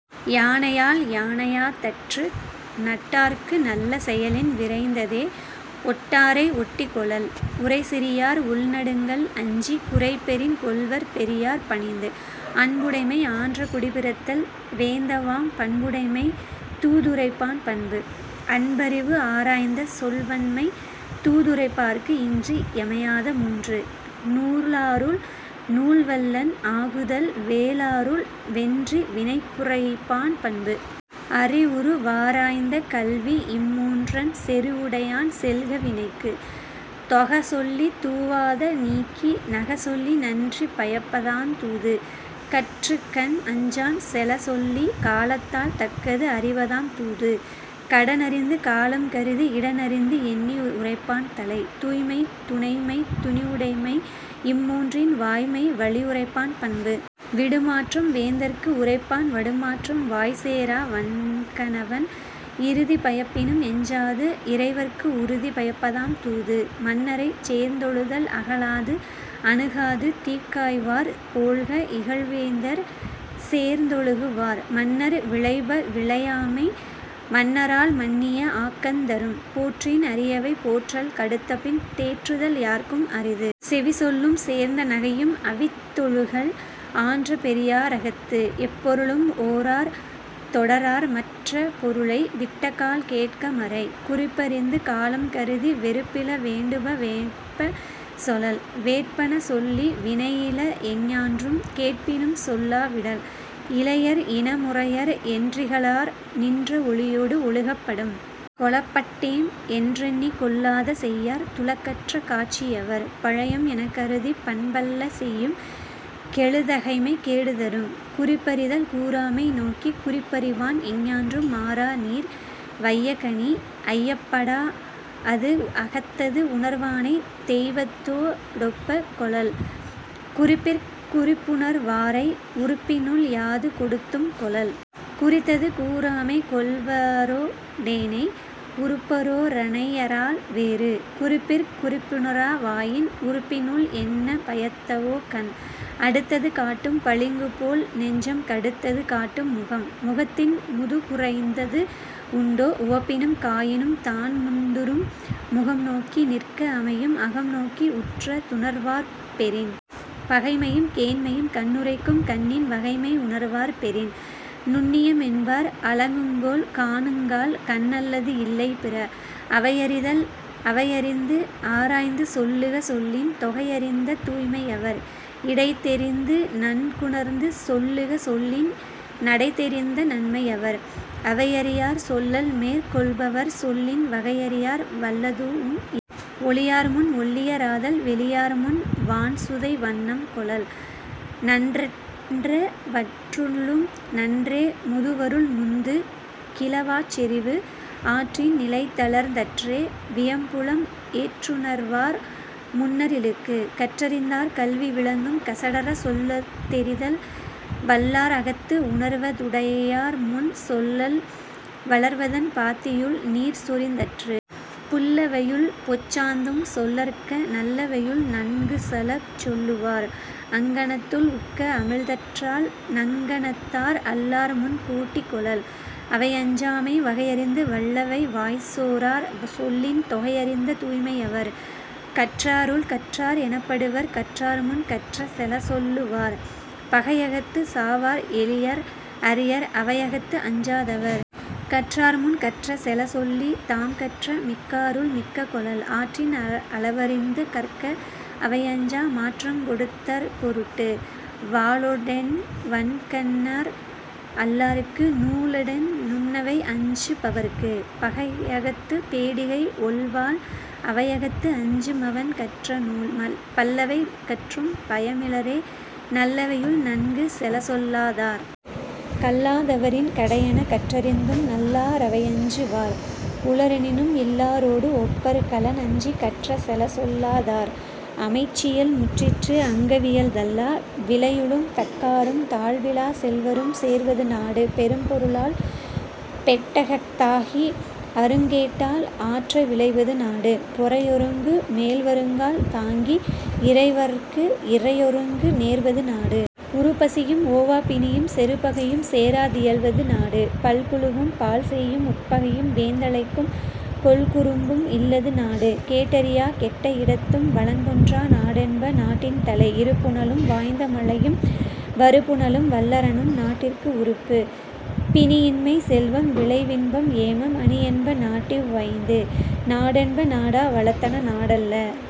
யானையால் யானையாத் தற்று. நட்டார்க்கு நல்ல செயலின் விரைந்ததே ஒட்டாரை ஒட்டிக் கொளல். உறைசிறியார் உள்நடுங்கல் அஞ்சிக் குறைபெறின் கொள்வர் பெரியார்ப் பணிந்து. அன்புடைமை ஆன்ற குடிப்பிறத்தல் வேந்தவாம் பண்புடைமை தூதுரைப்பான் பண்பு. அன்பறிவு ஆராய்ந்த சொல்வன்மை தூதுரைப்பார்க்கு இன்றி யமையாத மூன்று. நூலாருள் நூல்வல்லன் ஆகுதல் வேலாருள் வென்றி வினையுரைப்பான் பண்பு. அறிவுரு வாராய்ந்த கல்விஇம் மூன்றன் செறிவுடையான் செல்க வினைக்கு. தொகச் சொல்லித் தூவாத நீக்கி நகச்சொல்லி நன்றி பயப்பதாந் தூது. கற்றுக்கண் அஞ்சான் செலச்சொல்லிக் காலத்தால் தக்கது அறிவதாம் தூது. கடனறிந்து காலங் கருதி இடனறிந்து எண்ணி உரைப்பான் தலை. தூய்மை துணைமை துணிவுடைமை இம்மூன்றின் வாய்மை வழியுரைப்பான் பண்பு. விடுமாற்றம் வேந்தர்க்கு உரைப்பான் வடுமாற்றம் வாய்சேரா வன்க ணவன். இறுதி பயப்பினும் எஞ்சாது இறைவற் கு உறுதி பயப்பதாம் தூது.. மன்னரைச் சேர்ந்தொழுதல் அகலாது அணுகாது தீக்காய்வார் போல்க இகல்வேந்தர்ச் சேர்ந்தொழுகு வார். மன்னர் விழைப விழையாமை மன்னரால் மன்னிய ஆக்கந் தரும். போற்றின் அரியவை போற்றல் கடுத்தபின் தேற்றுதல் யார்க்கும் அரிது. செவிச்சொல்லும் சேர்ந்த நகையும் அவித்தொழுகல் ஆன்ற பெரியா ரகத்து. எப்பொருளும் ஓரார் தொடரார்மற் றப்பொருளை விட்டக்கால் கேட்க மறை. குறிப்பறிந்து காலங் கருதி வெறுப்பில வேண்டுப வேட்பச் சொலல். வேட்பன சொல்லி வினையில எஞ்ஞான்றும் கேட்பினும் சொல்லா விடல். இளையர் இனமுறையர் என்றிகழார் நின்ற ஒளியோடு ஒழுகப் படும். கொளப்பட்டேம் என்றெண்ணிக் கொள்ளாத செய்யார் துளக்கற்ற காட்சி யவர். பழையம் எனக்கருதிப் பண்பல்ல செய்யும் கெழுதகைமை கேடு தரும்.. குறிப்பறிதல் கூறாமை நோக்கிக் குறிப்பறிவான் எஞ்ஞான்றும் மாறாநீர் வையக் கணி. ஐயப் படாஅது அகத்தது உணர்வானைத் தெய்வத்தோ டொப்பக் கொளல். குறிப்பிற் குறிப்புணர் வாரை உறுப்பினுள் யாது கொடுத்தும் கொளல். குறித்தது கூறாமைக் கொள்வாரோ டேனை உறுப்போ ரனையரால் வேறு. குறிப்பிற் குறிப்புணரா வாயின் உறுப்பினுள் என்ன பயத்தவோ கண்? அடுத்தது காட்டும் பளிங்குபோல் நெஞ்சம் கடுத்தது காட்டும் முகம். முகத்தின் முதுக்குறைந்தது உண்டோ உவப்பினும் காயினும் தான்முந் துறும். முகம்நோக்கி நிற்க அமையும் அகம்நோக்கி உற்ற துணர்வார்ப் பெறின். பகைமையும் கேண்மையும் கண்ணுரைக்கும் கண்ணின் வகைமை உணர்வார்ப் பெறின். நுண்ணியம் என்பார் அளக்குங்கோல் காணுங்கால் கண்ணல்லது இல்லை பிற.. அவையறிதல் அவையறிநது ஆராய்ந்து சொல்லுக சொல்லின் தொகையறிந்த தூய்மை யவர். இடைதெரிந்து நன்குணர்ந்து சொல்லுக சொல்லின் நடைதெரிந்த நன்மை யவர். அவையறியார் சொல்லல்மேற் கொள்பவர் சொல்லின் வகையறியார் வல்லதூஉம் இல். ஒளியார்முன் ஒள்ளிய ராதல் வெளியார்முன் வான்சுதை வண்ணம் கொளல். நன்றென்ற வற்றுள்ளும் நன்றே முதுவருள் முந்து கிளவாச் செறிவு. ஆற்றின் நிலைதளர்ந் தற்றே வியன்புலம் ஏற்றுணர்வார் முன்னர் இழுக்கு. கற்றறிந்தார் கல்வி விளங்கும் கசடறச் சொல்தெரிதல் வல்லார் அகத்து. உணர்வ துடையார்முன் சொல்லல் வளர்வதன் பாத்தியுள் நீர்சொரிந் தற்று. புல்லவையுள் பொச்சாந்தும் சொல்லற்க நல்லவையுள் நன்குசலச் சொல்லு வார். அங்கணத்துள் உக்க அமிழ்தற்றால் தங்கணத்தார் அல்லார்முன் கோட்டி கொளல். அவையஞ்சாமை வகையறிந்து வல்லவை வாய்சோரார் சொல்லின் தொகையறிந்த தூய்மை யவர். கற்றாருள் கற்றார் எனப்படுவர் கற்றார்முன் கற்ற செலச்சொல்லு வார். பகையகத்துச் சாவார் எளியர் அரியர் அவையகத்து அஞ்சா தவர். கற்றார்முன் கற்ற செலச்சொல்லித் தாம்கற்ற மிக்காருள் மிக்க கொளல். ஆற்றின் அளவறிந்து கற்க அவையஞ்சா மாற்றங் கொடுத்தற் பொருட்டு. வாளொடென் வன்கண்ணர் அல்லார்க்கு நூலொடென் நுண்ணவை அஞ்சு பவர்க்கு. பகையகத்துப் பேடிகை ஒள்வாள் அவையகத்து அஞ்சு மவன்கற்ற நூல். பல்லவை கற்றும் பயமிலரே நல்லவையுள் நன்கு செலச்சொல்லா தார். கல்லா தவரின் கடையென்ப கற்றறிந்தும் நல்லா ரவையஞ்சு வார். உளரெனினும் இல்லாரொடு ஒப்பர் களன்அஞ்சிக் கற்ற செலச்சொல்லா தார். அமைச்சியல் முற்றிற்று அங்கவியல் தள்ளா விளையுளும் தக்காரும் தாழ்விலாச் செல்வரும் சேர்வது நாடு. பெரும்பொருளால் பெட்டக்க தாகி அருங்கேட்டால் ஆற்ற விளைவது நாடு. பொறையொருங்கு மேல்வருங்கால் தாங்கி இறைவற்கு இறையொருங்கு நேர்வது நாடு. உறுபசியும் ஓவாப் பிணியும் செறுபகையும் சேரா தியல்வது நாடு. பல்குழுவும் பாழ்செய்யும் உட்பகையும் வேந்தலைக்கும் கொல்குறும்பும் இல்லது நாடு. கேடறியாக் கெட்ட இடத்தும் வளங்குன்றா நாடென்ப நாட்டின் தலை. இருபுனலும் வாய்ந்த மலையும் வருபுனலும் வல்லரணும் நாட்டிற்கு உறுப்பு. பிணியின்மை செல்வம் விளைவின்பம் ஏமம் அணியென்ப நாட்டிவ் வைந்து. நாடென்ப நாடா வளத்தன நாடல்ல।